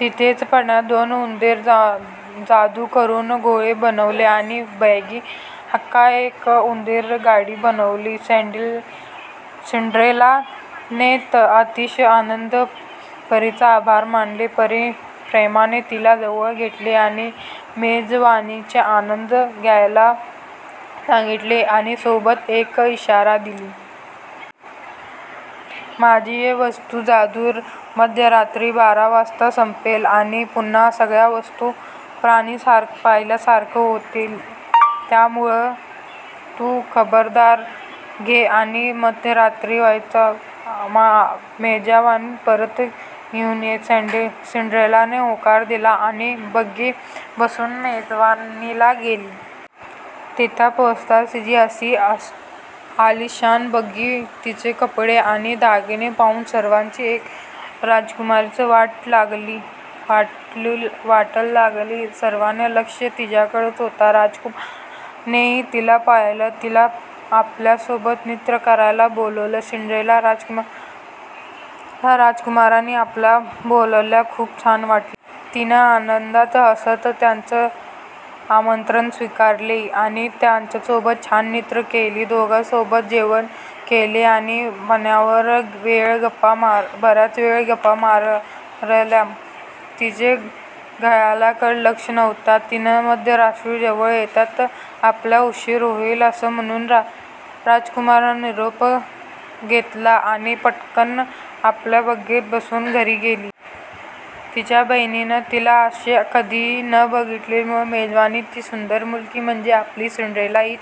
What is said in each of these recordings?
तिथेच पळणाऱ्या दोन उंदरांवर जादु करून घोडे बनवले आणि बग्गी हाकायला एका उंदराला गाडीवान बनवले. सिंड्रेलाने अतिशय आनंदाने परीचे आभार मानले. परीने प्रेमाने तिला जवळ घेतले आणि मेजवानीचा आनंद घ्यायला सांगितले आणि सोबतच एक इशाराही दिला. माझी या वस्तूंवरची जादु मध्यरात्री बारा वाजता संपेल आणि पुन्हा सगळ्या वस्तू आणि प्राणी पहिल्यासारखे होतील. त्यामुळे तु खबरदारी घे आणि मध्यरात्री आधी मेजवानीतून परत घरी ये. सिंड्रेलाने होकार दिला आणि ती बग्गीत बसुन मेजवानीला गेली. ती तिथे पोहोचल्यावर तिची आलिशान बग्गी, तिचे कपडे आणि दागिने पाहुन सर्वांना ती एक राजकुमारीच वाटली. सर्वांचे लक्ष तिच्याकडेच होते. राजकुमारानेही तिला पाहिले. तिला आपल्यासोबत नृत्य करायला बोलावले. सिंड्रेलाला राजकुमाराने आपल्याला बोलावल्यामुळे खुप छान वाटले. तिने आनंदाने हसत त्याचे आमंत्रण स्वीकारले आणि त्याच्यासोबत छान नृत्य केले. दोघांनी सोबत जेवण केले आणि बऱ्याच वेळ गप्पा मारल्या. तिचे घड्याळाकडे लक्ष होतेच. तिने मध्यरात्र जवळ येताच आपल्याला उशीर होईल असे सांगून राजकुमाराच्या निरोप घेतला आणि पटकन आपल्या बग्गीत बसून घरी आली. तिच्या बहिणींनीही तिला असे कधी न बघितल्यामुळे मेजवानीतली ती सुंदर मुलगी म्हणजे आपली सिंड्रेलाच हे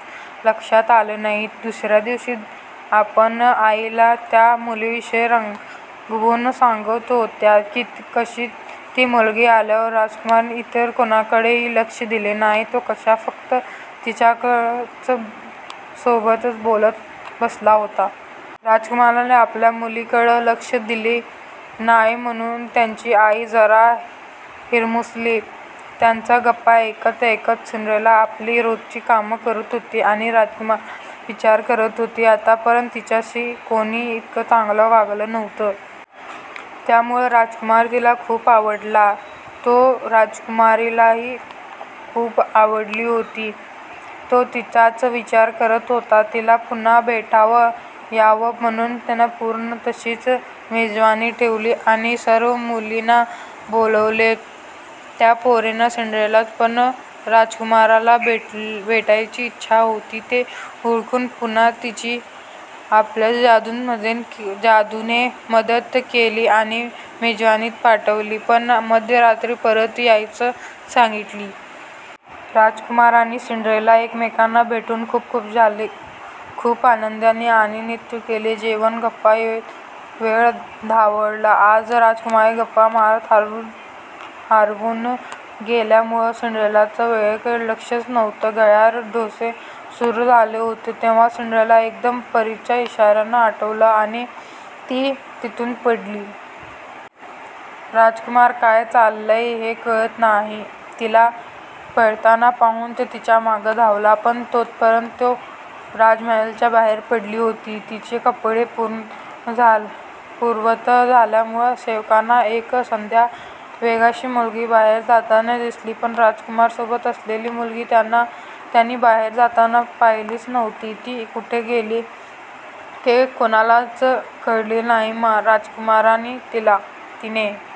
लक्षात आले नाही. त्या दुसऱ्या दिवशी आपल्या आईला त्या मुलीविषयी रंगवुन सांगत होत्या, कि कसं ती मुलगी आल्यावर राजकुमाराने इतर कोणाकडेही लक्ष दिले नाही, तो कसा फक्त तिच्यासोबतच बोलत बसला होता. राजकुमाराने आपल्या मुलींकडे लक्ष दिले नाही म्हणून त्यांची आई जरा हिरमुसली. त्यांच्या गप्पा ऐकत ऐकत सिंड्रेला आपली रोजची कामे करत होती आणि राजकुमाराचा विचार करत होती. आतापर्यंत तिच्याशी कोणी इतकं चांगलं वागलं नव्हतं. त्यामुळे राजकुमार तिला खुप आवडला होता. तिकडे राजकुमारालाही ती खुप आवडली होती. तो तिचाच विचार करत होता. तिला पुन्हा भेटता यावं म्हणुन पुन्हा राजकुमाराने तशीच मेजवानी ठेवली आणि सर्व मुलींना बोलावले. त्या परीने सिंड्रेलाची पण राजकुमाराला भेटण्याची इच्छा आहे हे ओळखुन पुन्हा तिची आपल्या जादूने मदत केली आणि मेजवानीला पाठवले, आणि मध्यरात्री आधी परत येण्याचे सांगितले. राजकुमार आणि सिंड्रेला एकमेकांना भेटुन खुप खुश झाले. खूप आनंदाने त्यांनी नृत्य, जेवण, गप्पा यात वेळ घालवला. आज राजकुमाराशी गप्पा मारण्यात हरवुन गेल्यामुळे सिंड्रेलाचे वेळेकडे लक्षच नव्हते. घड्याळाचे ठोके सुरु झाले तेव्हा सिंड्रेलाला एकदम परीचा इशारा आठवला आणि ती तिथुन पळाली. राजकुमाराला काय चाललंय हे कळले नाही. तिला पळताना पाहून तो तिच्यामागे धावला. पण तोपर्यंत ती राजमहालाबाहेर पडली होती. तिचे कपडे पूर्ववत झाल्यामुळे सेवकांना एक सध्या वेशातली मुलगी बाहेर जाताना दिसली, पण राजकुमारासोबत असलेली मुलगी त्यांनी बाहेर जाताना पाहिलीच नव्हती. ती कुठे गेली हे कोणालाही कळले नाही. राजकुमाराला तिने